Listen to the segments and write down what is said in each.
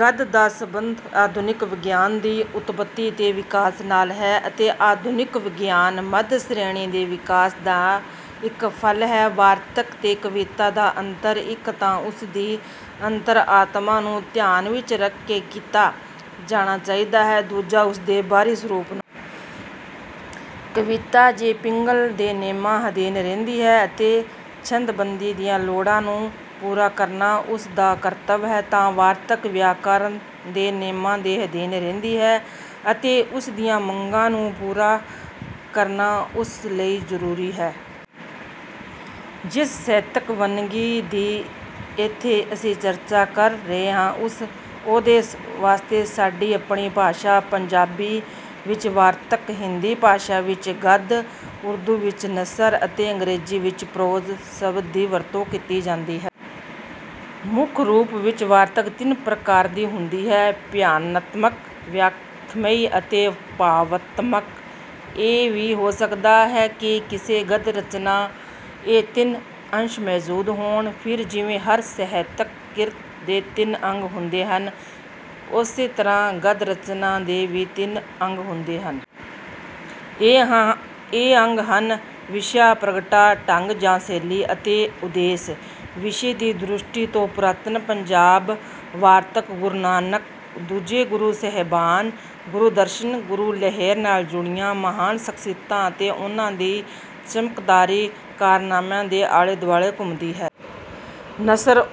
ਗੱਦ ਦਾ ਸੰਬੰਧ ਆਧੁਨਿਕ ਵਿਗਿਆਨ ਦੀ ਉਤਪਤੀ ਤੇ ਵਿਕਾਸ ਨਾਲ ਹੈ ਅਤੇ ਆਧੁਨਿਕ ਵਿਗਿਆਨ ਮੱਧ-ਸ਼੍ਰੇਣੀ ਦੇ ਵਿਕਾਸ ਦਾ ਇੱਕ ਫਲ ਹੈ। ”ਵਾਰਤਕ ਤੇ ਕਵਿਤਾ ਦਾ ਅੰਤਰ ਇੱਕ ਤਾਂ ਉਸ ਦੀ ਅੰਤਰ-ਆਤਮਾ ਨੂੰ ਧਿਆਨ ਵਿੱਚ ਰੱਖ ਕੇ ਕੀਤਾ ਜਾਣਾ ਚਾਹੀਦਾ ਹੈ, ਦੂਜਾ ਉਸ ਦੇ ਬਾਹਰੀ ਸਰੂਪ ਨੂੰ। ਕਵਿਤਾ ਜੇ ਪਿੰਗਲ ਦੇ ਨੇਮਾਂ ਅਧੀਨ ਰਹਿੰਦੀ ਹੈ ਅਤੇ ਛੰਦਾਬੰਦੀ ਦੀਆਂ ਲੋੜਾਂ ਨੂੰ ਪੂਰਾ ਕਰਨਾ ਉਸ ਦਾ ਕਰਤੱਵ ਹੈ ਤਾਂ ਵਾਰਤਕ ਵਿਆਕਰਨ ਦੇ ਨੇਮਾਂ ਦੇ ਅਧੀਨ ਰਹਿੰਦੀ ਹੈ ਅਤੇ ਉਸ ਦੀਆਂ ਮੰਗਾਂ ਨੂੰ ਪੂਰਾ ਕਰਨਾ ਉਸ ਲਈ ਜ਼ਰੂਰੀ ਹੈ। ਜਿਸ ਸਾਹਿਤਕ ਵੰਨਗੀ ਦੀ ਇੱਥੇ ਅਸੀਂ ਚਰਚਾ ਕਰ ਰਹੇ ਹਾਂ, ਉਹਦੇ ਵਾਸਤੇ ਸਾਡੀ ਆਪਣੀ ਭਾਸ਼ਾ ਪੰਜਾਬੀ ਵਿੱਚ ‘ਵਾਰਤਕ’, ਹਿੰਦੀ ਭਾਸ਼ਾ ਵਿੱਚ ‘ਗੱਦ’, ਉਰਦੂ ਵਿੱਚ ‘ਨਸਰ’ ਅਤੇ ਅੰਗਰੇਜ਼ੀ ਵਿੱਚ ‘ਪ੍ਰੋਜ਼’ ਸ਼ਬਦ ਦੀ ਵਰਤੋਂ ਕੀਤੀ ਜਾਂਦੀ ਹੈ। ਮੁੱਖ ਰੂਪ ਵਿੱਚ ਵਾਰਤਕ ਤਿੰਨ ਪ੍ਰਕਾਰ ਦੀ ਹੁੰਦੀ ਹੈ—ਬਿਆਨਾਤਮਕ, ਵਿਆਖਿਆਮਈ ਅਤੇ ਭਾਵਾਤਮਕ। ਇਹ ਵੀ ਹੋ ਸਕਦਾ ਹੈ ਕਿ ਕਿਸੇ ਗੱਦ-ਰਚਨਾ ਵਿੱਚ ਇਹ ਤਿੰਨੇ ਅੰਸ਼ ਮੌਜੂਦ ਹੋਣ। ਫਿਰ, ਜਿਵੇਂ ਹਰ ਸਾਹਿਤਕ ਕਿਰਤ ਦੇ ਤਿੰਨ ਅੰਗ ਹੁੰਦੇ ਹਨ, ਉਸੇ ਤਰ੍ਹਾਂ ਗੱਦ-ਰਚਨਾ ਦੇ ਵੀ ਤਿੰਨ ਅੰਗ ਹੁੰਦੇ ਹਨ। ਇਹ ਅੰਗ ਹਨ—ਵਿਸ਼ਾ, ਪ੍ਰਗਟਾ-ਢੰਗ ਜਾਂ ਸ਼ੈਲੀ ਅਤੇ ਉਦੇਸ਼। ਵਿਸ਼ੇ ਦੀ ਦ੍ਰਿਸ਼ਟੀ ਤੋਂ ਪੁਰਾਤਨ ਪੰਜਾਬੀ ਵਾਰਤਕ ਗੁਰੂ ਨਾਨਕ, ਦੂਜੇ ਗੁਰੂ ਸਾਹਿਬਾਨ, ਗੁਰੂ-ਦਰਸ਼ਨ ਅਤੇ ਗੁਰੂ ਲਹਿਰ ਨਾਲ ਜੁੜੀਆਂ ਮਹਾਨ ਸ਼ਖ਼ਸੀਅਤਾਂ ਤੇ ਉਨ੍ਹਾਂ ਦੇ ਚਮਤਕਾਰੀ ਕਾਰਨਾਮਿਆਂ ਦੇ ਆਲੇ-ਦੁਆਲੇ ਘੁੰਮਦੀ ਹੈ। ਨਸਰ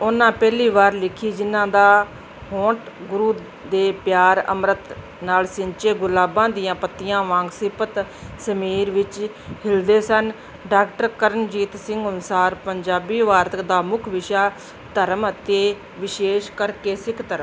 ਉਹਨਾਂ ਪਹਿਲੀ ਵਾਰ ਲਿਖੀ, ਜਿਨ੍ਹਾਂ ਦੇ ਹੋਂਠ ਗੁਰੂ ਦੇ ਪਿਆਰ-ਅੰਮ੍ਰਿਤ ਨਾਲ ਸਿੰਚੇ, ਗੁਲਾਬਾਂ ਦੀਆਂ ਪੱਤੀਆਂ ਵਾਂਗ ਸਿਫ਼ਤ-ਸ਼ਮੀਰ ਵਿੱਚ ਹਿਲਦੇ ਸਨ। ”ਡਾਕਟਰ ਕਰਨਜੀਤ ਸਿੰਘ ਅਨੁਸਾਰ, ਪੰਜਾਬੀ ਵਾਰਤਕ ਦਾ ਮੁੱਖ ਵਿਸ਼ਾ ਧਰਮ ਅਤੇ ਵਿਸ਼ੇਸ਼ ਕਰਕੇ ਸਿੱਖ ਧਰਮ...